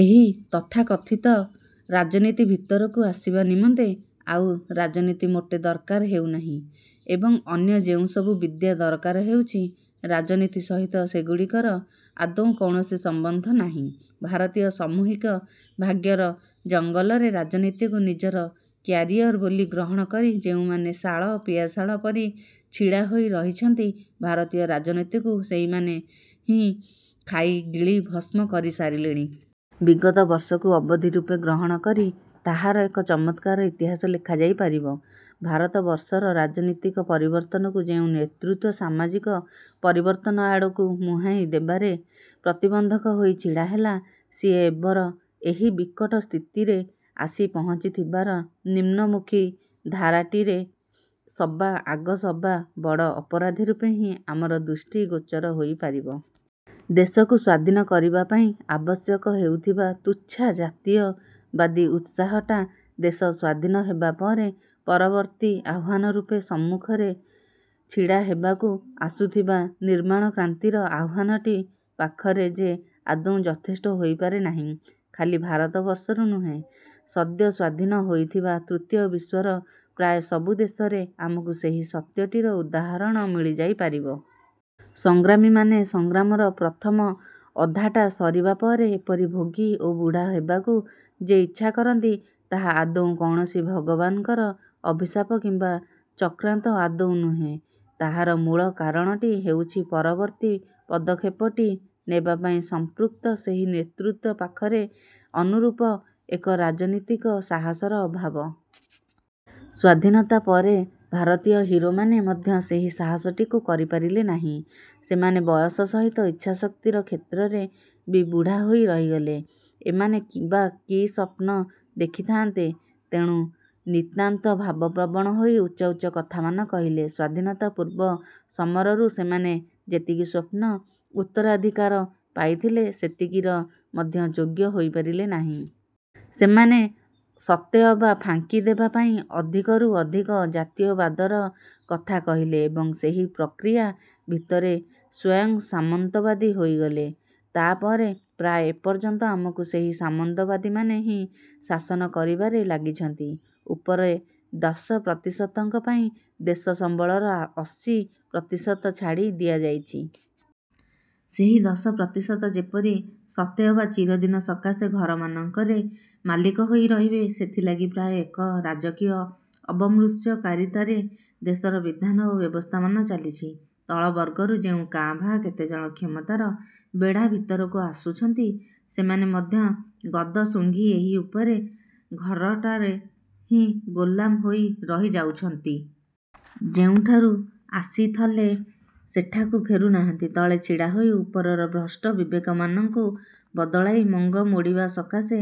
ଏହି ତଥାକଥିତ ରାଜନୀତି ଭିତରକୁ ଆସିବା ନିମନ୍ତେ ଆଉ ରାଜନୀତି ମୋଟେ ଦରକାର ହେଉ ନାହିଁ ଏବଂ ଅନ୍ୟ ଯେଉଁସବୁ ବିଦ୍ୟା ଦରକାର ହେଉଛି, ରାଜନୀତି ସହିତ ସେଗୁଡ଼ିକର ଆଦୌ କୌଣସି ସମ୍ବନ୍ଧ ନାହିଁ। ଭାରତୀୟ ସାମୂହିକ ଭାଗ୍ୟର ଜଙ୍ଗଲରେ ରାଜନୀତିକୁ ନିଜର କ୍ୟାରିୟର ବୋଲି ଗ୍ରହଣ କରି ଯେଉଁମାନେ ଶାଳ, ପିଆଶାଳ ପରି ଛିଡ଼ା ହୋଇ ରହିଛନ୍ତି, ଭାରତୀୟ ରାଜନୀତିକୁ ସେଇମାନେ ହିଁ ଖାଇ ଗିଳି ଭସ୍ମ କରି ସାରିଲେଣି। ବିଗତ ବର୍ଷକୁ ଅବଧି ରୂପେ ଗ୍ରହଣ କରି ତାହାର ଏକ ଚମତ୍କାର ଇତିହାସ ଲେଖାଯାଇ ପାରିବ। ଭାରତବର୍ଷର ରାଜନୀତିକ ପରିବର୍ତ୍ତନକୁ ଯେଉଁ ନେତୃତ୍ଵ ସାମାଜିକ ପରିବର୍ତ୍ତନ ଆଡ଼କୁ ମୁହାଁଇ ଦେବାରେ ପ୍ରତିବନ୍ଧକ ହୋଇ ଛିଡ଼ା ହେଲା, ସିଏ ଏବର ଏହି ବିକଟ ସ୍ଥିତିରେ ଆସି ପହଞ୍ଚି ଥିବାର ନିମ୍ନମୁଖୀ ଧାରାଟିରେ ସବା ଆଗ ସବା ବଡ଼ ଅପରାଧୀ ରୂପେ ହିଁ ଆମର ଦୃଷ୍ଟି ଗୋଚର ହୋଇପାରିବ। ଦେଶକୁ ସ୍ୱାଧୀନ। କରିବା ପାଇଁ ଆବଶ୍ୟକ ହେଉଥିବା ତୁଚ୍ଛା ଜାତୀୟତାବାଦୀ ଉତ୍ସାହଟା ଦେଶ ସ୍ୱାଧୀନ ହେବା ପରେ ପରବର୍ତ୍ତୀ ଆହ୍ୱାନ ରୂପେ ସମ୍ମୁଖରେ ଛିଡ଼ା ହେବାକୁ ଆସୁଥିବା ନିର୍ମାଣକ୍ରାନ୍ତିର ଆହ୍ୱାନଟି ପାଖରେ ଯେ ଆଦୌ ଯଥେଷ୍ଟ ହୋଇପାରେ ନାହିଁ, ଖାଲି ଭାରତବର୍ଷରୁ ନୁହେଁ, ସଦ୍ୟ ସ୍ଵାଧୀନ ହୋଇଥିବା ତୃତୀୟ ବିଶ୍ୱର ପ୍ରାୟ ସବୁ ଦେଶରେ ଆମକୁ ସେହି ସତ୍ୟଟିର ଉଦାହରଣ ମିଳିଯାଇପାରିବ। ସଂଗ୍ରାମୀମାନେ ସଂଗ୍ରାମର ପ୍ରଥମ ଅଧାଟା ସରିବା ପରେ ଏପରି ଭୋଗୀ ଓ ବୁଢ଼ା ହେବାକୁ ଯେ ଇଚ୍ଛା କରନ୍ତି, ତାହା ଆଦୌ କୌଣସି ଭଗବାନଙ୍କର ଅଭିଶାପ କିମ୍ବା ଚକ୍ରାନ୍ତ ଆଦୌ ନୁହେଁ; ତାହାର ମୂଳ କାରଣଟି ହେଉଛି ପରବର୍ତ୍ତୀ ପଦକ୍ଷେପଟି ନେବା ପାଇଁ ସମ୍ପୃକ୍ତ ସେହି ନେତୃତ୍ୱ ପାଖରେ ଅନୁରୂପ ଏକ ରାଜନୀତିକ ସାହସର ଅଭାବ। ସ୍ଵାଧୀନତା ପରେ ଭାରତୀୟ ହୀରୋମାନେ ମଧ୍ୟ ସେହି ସାହସଟିକୁ କରିପାରିଲେ ନାହିଁ। ସେମାନେ ବୟସ ସହିତ ଇଚ୍ଛାଶକ୍ତିର କ୍ଷେତ୍ରରେ ବି ବୁଢ଼ା ହୋଇ ରହିଗଲେ। ଏମାନେ ବା କି ସ୍ୱପ୍ନ ଦେଖିଥାନ୍ତେ, ତେଣୁ ନିତାନ୍ତ ଭାବପ୍ରବଣ ହୋଇ ଉଚ୍ଚ ଉଚ୍ଚ କଥାମାନ କହିଲେ। ସ୍ଵାଧୀନତାପୂର୍ବ ସମରରୁ ସେମାନେ ଯେତିକି ସ୍ୱପ୍ନର ଉତ୍ତରାଧିକାର ପାଇଥିଲେ, ସେତିକିର ମଧ୍ୟ ଯୋଗ୍ୟ ହୋଇପାରିଲେ ନାହିଁ। ସେମାନେ ସତେଅବା ଫାଙ୍କି ଦେବା ପାଇଁ ଅଧିକରୁ ଅଧିକ ଜାତୀୟତାବାଦର କଥା କହିଲେ ଏବଂ ସେହି ପ୍ରକ୍ରିୟା ଭିତରେ ସ୍ୱୟଂ ସାମନ୍ତବାଦୀ ହୋଇଗଲେ। ତାପରେ ପ୍ରାୟ ଏପର୍ଯ୍ୟନ୍ତ ଆମକୁ ସେହି ସାମନ୍ତବାଦୀମାନେ ହିଁ ଶାସନ କରିବାରେ ଲାଗିଛନ୍ତି। ଉପରେ ଦଶ ପ୍ରତିଶତଙ୍କ ପାଇଁ ଦେଶସମ୍ବଳର ଅଶୀ ପ୍ରତିଶତ ଛାଡ଼ି ଦିଆଯାଇଛି। ସେହି ଦଶ ପ୍ରତିଶତ ଯେପରି ସତେଅବା ଚିରଦିନ ସକାଶେ ଘରମାନଙ୍କରେ ମାଲିକ ହୋଇ ରହିବେ, ସେଥିଲାଗି ପ୍ରାୟ ଏକ ରାଜକୀୟ ଅବମୃଷ୍ୟକାରିତାରେ ଦେଶର ବିଧାନ ଓ ବ୍ୟବସ୍ଥାମାନ ଚାଲିଛି। ତଳବର୍ଗରୁ ଯେଉଁ କାଁ ଭାଁ କେତେଜଣ କ୍ଷମତାର ବେଢ଼ା ଭିତରକୁ ଆସୁଛନ୍ତି, ସେମାନେ ମଧ୍ୟ ଗଦ ଶୁଘିଂ ଏହି ଉପର ଘରଟାରେ ହିଁ ଗୋଲାମ ହୋଇ ରହିଯାଉଛନ୍ତି। ଯେଉଁଠାରୁ ଆସିଥଲେ, ସେଠାକୁ ଫେରୁନାହାନ୍ତି। ତଳେ ଛିଡ଼ାହୋଇ ଉପରର ଭ୍ରଷ୍ଟ ବିବେକମାନଙ୍କୁ ବଦଳାଇ ମଙ୍ଗ ମୋଡ଼ିବା ସକାଶେ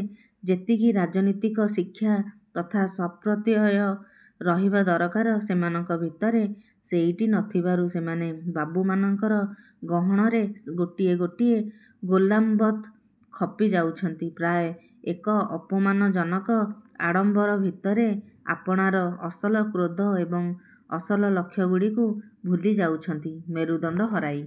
ଯେତିକି ରାଜନୀତିକ ଶିକ୍ଷା ତଥା ସଂପ୍ରତ୍ୟୟ ରହିବା ଦରକାର, ସେମାନଙ୍କ ଭିତରେ ସେଇଟି ନଥିବାରୁ ସେମାନେ ବାବୁ ମାନଙ୍କର ଗହଣରେ ଗୋଟିଏ ଗୋଟିଏ ଗୋଲାମବତ୍ ଖପି ଯାଉଛନ୍ତି, ପ୍ରାୟ ଏକ ଅପମାନଜନକ ଆଡ଼ମ୍ବର ଭିତରେ ଆପଣାର ଅସଲ କ୍ରୋଧ ଏବଂ ଅସଲ ଲକ୍ଷ୍ୟଗୁଡ଼ିକୁ ଭୁଲି ଯାଉଛନ୍ତି। ମେରୁଦଣ୍ଡ ହରାଇ